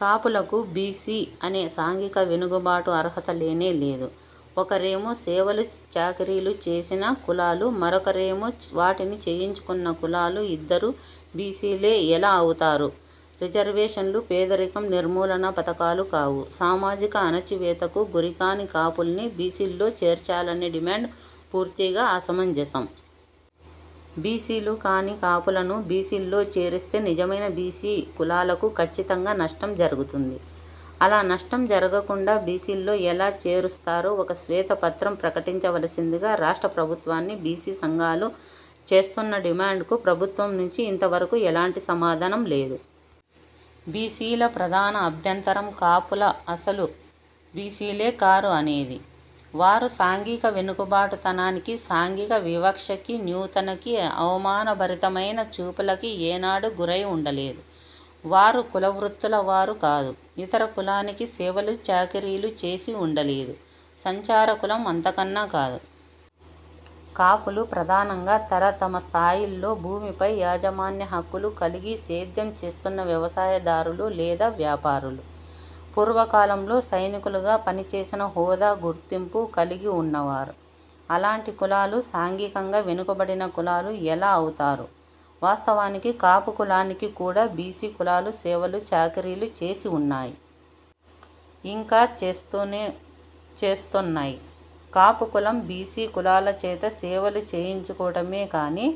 కాపులకు బీసీ అనే సాంఘిక వెనుకబాటు అర్హత లేనే లేదు. ఒకరేమో సేవలు, చాకిరీలు చేసిన కులాలు, మరొకరేమో వాటిని చేయించుకొన్న కులాలు, ఇద్దరూ బీసీలే ఎలా అవుతారు? రిజర్వేషన్లు పేదరికం నిర్మూలనా పథకాలు కావు. సామాజిక అణచివేతకు గురికాని కాపుల్ని బీసీల్లో చేర్చాలనే డిమాండ్ పూర్తిగా అసమంజసం. బీసీలు కాని కాపులను బీసీల్లో చేరిస్తే నిజమైన బీసీ కులాలకు ఖచ్చితంగా నష్టం జరుగుతుంది. అలా నష్టం జరగకుండా బీసీల్లో ఎలా చేరుస్తారో ఒక శ్వేత పత్రం ప్రకటించ వలసిందిగా రాష్ట్ర ప్రభుత్వాన్ని బీసీ సంఘాలు చేస్తోన్న డిమాండ్కు ప్రభుత్వం నుంచి ఇంత వరకు ఎలాంటి సమాధానం లేదు. బీసీల ప్రధాన అభ్యంతరం కాపులు అసలు బీసీలే కారు, అనేదే. వారు సాంఘిక వెనుకబాటుతనానికీ, సాంఘిక వివక్షకీ, న్యూతనకీ, అవమానభరితమైన చూపులకీ ఏనాడూ గురై ఉండలేదు. వారు కుల వృత్తుల వారు కాదు. ఇతర కులానికి సేవలు, చాకిరీలు చేసి ఉండలేదు. సంచార కులం అంతకన్నా కాదు. కాపులు ప్రధానంగా తర తమ స్థాయిల్లో భూమిపై యాజమాన్య హక్కులు కలిగి సేద్యం చేస్తోన్న వ్యవసాయదారులు లేదా, వ్యాపారులు. పూర్వకాలంలో సైనికులుగా పనిచేసిన హోదా, గుర్తింపు కలిగి వున్నవారు. అలాంటి కులాలు సాంఘికంగా వెనుకబడిన కులాలు ఎలా అవుతారు? వాస్తవానికి కాపు కులానికి కూడా బీసీ కులాలు సేవలు, చాకిరీలు చేసి ఉన్నాయి. ఇంకా చేస్తూనే చేస్తోన్నాయి. కాపు కులం, బీసీ కులాల చేత సేవలు చేయించుకోవటమే కానీ,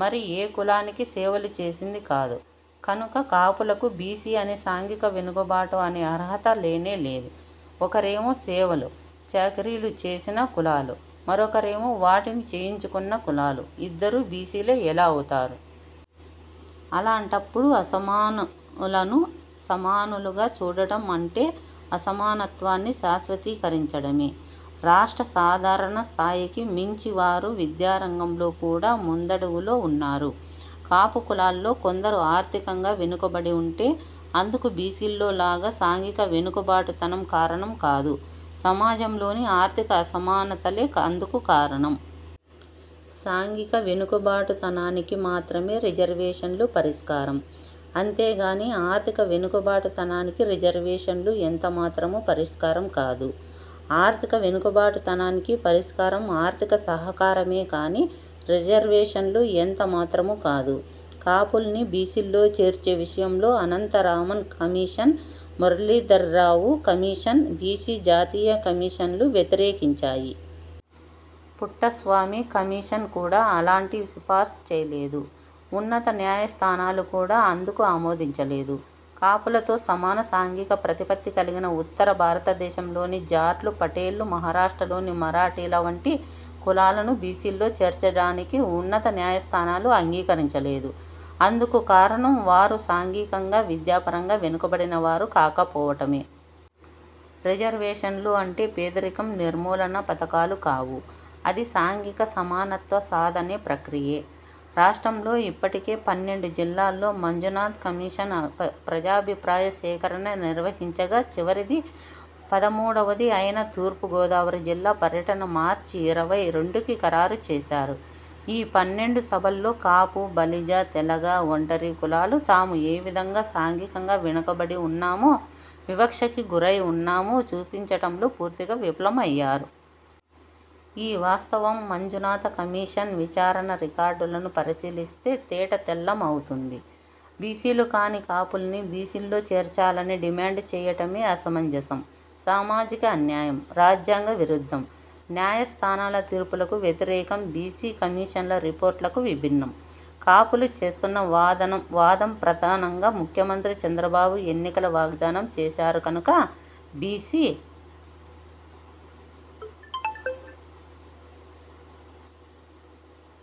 మరి ఏ కులానికీ సేవలు చేసింది కాదు. కనుక కాపులకు బీసీ అనే సాంఘిక వెనుకబాటు అనే అర్హత లేనే లేదు. ఒకరేమో సేవలు, చాకిరీలు చేసిన కులాలు, మరొకరేమో వాటిని చేయించుకొన్న కులాలు ,ఇద్దరూ బీసీలే ఎలా అవుతారు? అలాంటప్పుడు అసమానకులను సమానులుగా చూడడం అంటే, అసమానత్వాన్ని శాశ్వతీ కరించడమే. రాష్ట్ర సాధారణ స్థాయికి మించి వారు విద్యా రంగంలో కూడా ముందడుగులో ఉన్నారు. కాపు కులాల్లో కొందరు ఆర్థికంగా వెనుకబడి ఉంటే, అందుకు బీసీల్లో లాగా సాంఘిక వెనుక బాటుతనం కారణం కాదు. సమాజంలోని ఆర్థిక అసమానతలే అందుకు కారణం. సాంఘిక వెనుక బాటుతనానికి మాత్రమే రిజర్వేషన్లు పరిష్కారం. అంతేగానీ ఆర్థిక వెనుక బాటుతనానికి రిజర్వేషన్లు ఎంతమాత్రమూ పరిష్కారం కాదు. ఆర్థిక వెనుక బాటుతనానికి పరిష్కారం ఆర్థిక సహకారమే కానీ, రిజర్వేషన్లు ఎంత మాత్రమూ కాదు. కాపుల్ని బీసీల్లో చేర్చే విషయంలో Anantha Raman commission, Muralidhar Rao commission, BC జాతీయ కమిషన్లు వ్యతిరేకించాయి. పుట్టస్వామి కమిషన్ కూడా అలాంటి సిఫార్స్ చేయలేదు. ఉన్నత న్యాయ స్థానాలు కూడా అందుకు ఆమోదించలేదు. కాపులతో సమాన సాంఘిక ప్రతిపత్తి కలిగిన ఉత్తర భారతదేశంలోని జాట్లు, పటేళ్లు, మహారాష్ట్రలోని మరాఠీల వంటి కులాలను బీసీల్లో చేర్చటానికి ఉన్నత న్యాయ స్థానాలు అంగీకరించలేదు. అందుకు కారణం, వారు సాంఘికంగా, విద్యాపరంగా వెనుకబడిన వారు కాకపోవటమే. రిజర్వేషన్లు అంటే పేదరికం నిర్మూలనా పథకాలు కావు. అది సాంఘిక సమానత్వ సాధనా ప్రక్రియే. రాష్ట్రంలో ఇప్పటికే పన్నెండు జిల్లాల్లో మంజునాథ్ కమిషన్ ప్రజాభిప్రాయ సేకరణ నిర్వహించగా చివరిదీ, పదమూడువదీ అయిన తూర్పు గోదావరి జిల్లా పర్యటన మార్చి ఇరవై రెండుకి ఖరారు చేశారు. ఈ పన్నెండు సభల్లో కాపు, బలిజ, తెలగ, ఒంటరి కులాలు తాము ఏవిధంగా సాంఘికంగా వెనుకబడి ఉన్నామో, వివక్షకి గురై ఉన్నామో చూపించటంలో పూర్తిగా విఫలం అయ్యారు. ఈ వాస్తవం మంజునాథ కమిషన్ విచారణ రికార్డులను పరిశీలిస్తే తేట తెల్లం అవుతుంది. బీసీలు కాని కాపుల్ని బీసీల్లో చేర్చాలనే డిమాండ్ చేయటమే అసమంజసం, సామాజిక అన్యాయం, రాజ్యాంగ విరుద్ధం. న్యాయ స్థానాల తీర్పులకు వ్యతిరేకం, బీసీ కమిషన్ల రిపోర్ట్లకు విభిన్నం. కాపులు చేస్తోన్న వాదం ప్రధానంగా ముఖ్యమంత్రి చంద్రబాబు ఎన్నికల వాగ్దానం చేశారు కనుక, బీసీ